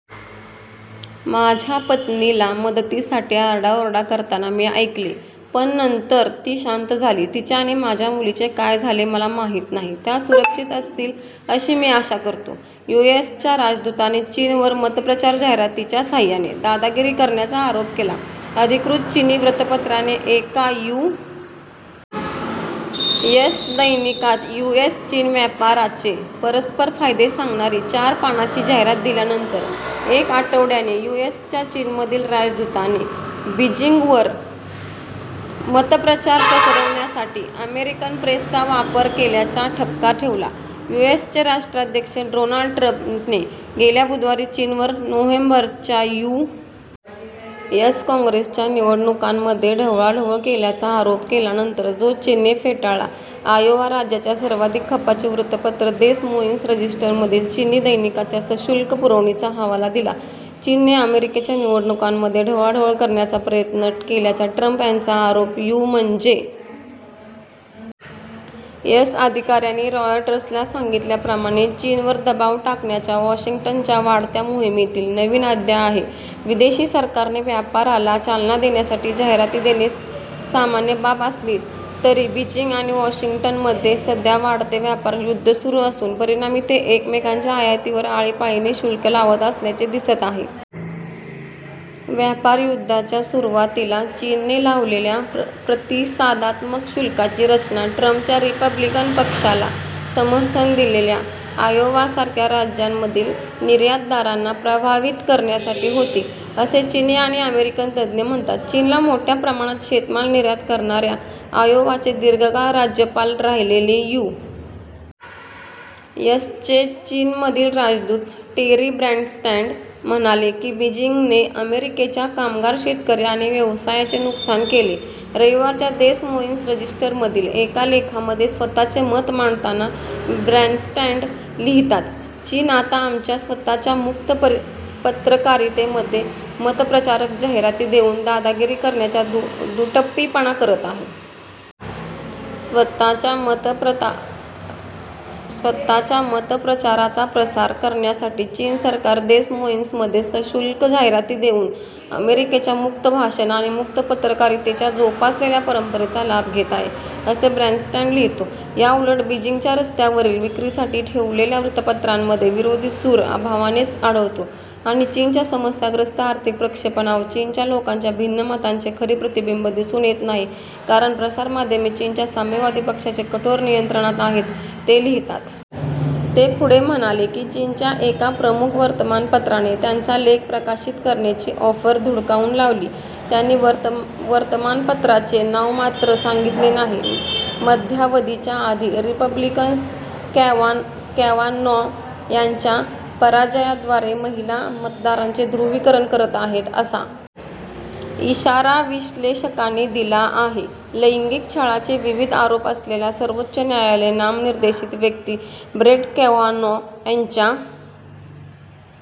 "माझ्या पत्नीला मदतीसाठी आरडाओरडा करताना मी ऐकले, पण नंतर ती शांत झाली. तिचे आणि माझ्या मुलीचे काय झाले मला माहीत नाही. त्या सुरक्षित असतील अशी मी आशा करतो. " यू. एस. च्या राजदूताने चीनवर 'मतप्रचार जाहिरातीं'च्या सहाय्याने 'दादागिरी' करण्याचा आरोप केला अधिकृत चीनी वृत्तपत्राने एका यू. एस. दैनिकात यू. एस. -चीन व्यापाराचे परस्परफायदे सांगणारी चार पानाची जाहिरात दिल्यानंतर एक आठवड्याने यू. एस. च्या चीनमधील राजदूताने बीजिंगवर मतप्रचार पसरवण्यासाठी अमेरिकन प्रेसचा वापर केल्याचा ठपका ठेवला. यु. एस. चे राष्ट्राध्यक्ष डोनाल्ड ट्रंपने गेल्या बुधवारी चीनवर नोव्हेंबरच्या यू. एस. काँग्रेसच्या निवडणुकांमध्ये ढवळाढवळ केल्याचा आरोप केल्यानंतर, जो चीनने फेटाळला आयोवा राज्याच्या सर्वाधिक खपाचे वृत्तपत्र देस मोईन्स रजिस्टरमधील चीनी दैनिकाच्या सशुल्क पुरवणीचा हवाला दिला. चीनने अमेरिकेच्या निवडणुकांमध्ये ढवळाढवळ करण्याचा प्रयत्न केल्याचा ट्रंप यांचा आरोप म्हणजे यू. एस. अधिकाऱ्यांनी रॉयटर्सला सांगितल्याप्रमाणे चीनवर दबाव टाकण्याच्या वॉशिंग्टनच्या वाढत्या मोहिमेतील नवीन अध्याय आहे. विदेशी सरकारने व्यापाराला चालना देण्यासाठी जाहिराती देणे सामान्य बाब असली तरी, बीजिंग आणि वॉशिंग्टनमध्ये सध्या वाढते व्यापार युद्ध सुरु असून परिणामी ते एकमेकांच्या आयातीवर आळीपाळीने शुल्क लावत असल्याचे दिसत आहे. व्यापारयुद्धाच्या सुरुवातीला चीनने लावलेल्या प्रतिसादात्मक शुल्काची रचना ट्रंपच्या रिपब्लिकन पक्षाला समर्थन दिलेल्या आयोवासारख्या राज्यांमधील निर्यातदारांना प्रभावित करण्यासाठी होती असे चीनी आणि अमेरिकन तज्ज्ञ म्हणतात. चीनला मोठ्या प्रमाणात शेतमाल निर्यात करणाऱ्या आयोवाचे दीर्घकाळ राज्यपाल राहिलेले, यू. एस. चे चीनमधील राजदूत टेरी ब्रॅनस्टॅड म्हणाले की बीजिंगने अमेरिकेच्या कामगार, शेतकरी आणि व्यवसायांचे नुकसान केले. रविवारच्या देस मोईन्स रजिस्टरमधील एका लेखामध्ये स्वतःचे मत मांडताना ब्रॅनस्टॅड लिहितात, "चीन आता आमच्या स्वतःच्या मुक्त पत्रकारितेमध्ये मतप्रचारक जाहिराती देऊन दादागिरी करण्याचा दुटप्पीपणा करत आहे. " "स्वतःच्या मतप्रचाराचा प्रसार करण्यासाठी चीन सरकार देस मोईन्समध्ये सशुल्क जाहिराती देऊन अमेरिकेच्या मुक्त भाषण आणि मुक्त पत्रकारितेच्या जोपासलेल्या परंपरेचा लाभ घेत आहे," असे ब्रॅनस्टॅड लिहितो. "या उलट, बीजिंगच्या रस्त्यांवरील विक्रीसाठी ठेवलेल्या वृत्तपत्रांमध्ये विरोधी सूर अभावानेच आढळतो आणि चीनच्या समस्याग्रस्त आर्थिक प्रक्षेपणावर चीनच्या लोकांच्या भिन्न मतांचे खरे प्रतिबिंब दिसून येत नाही, कारण प्रसारमाध्यमे चीनच्या साम्यवादी पक्षाच्या कठोर नियंत्रणात आहेत," ते लिहितात. ते पुढे म्हणाले की "चीनच्या एका प्रमुख वर्तमानपत्राने त्यांचा लेख प्रकाशित करण्याची ऑफर धुडकावून लावली," त्यांनी वर्तमापत्राचे नाव मात्र सांगितले नाही. मध्यावधीच्या आधी रिपब्लिकन्स कॅवानॉ यांच्या पराजयाद्वारे महिला मतदारांचे ध्रुवीकरण करत आहेत असा इशारा विश्लेषकांनी दिला आहे लैंगिक छळाचे विविध आरोप असलेल्या सर्वोच्च न्यायालय नामनिर्देशित व्यक्ती ब्रेट कॅवानॉ यांच्या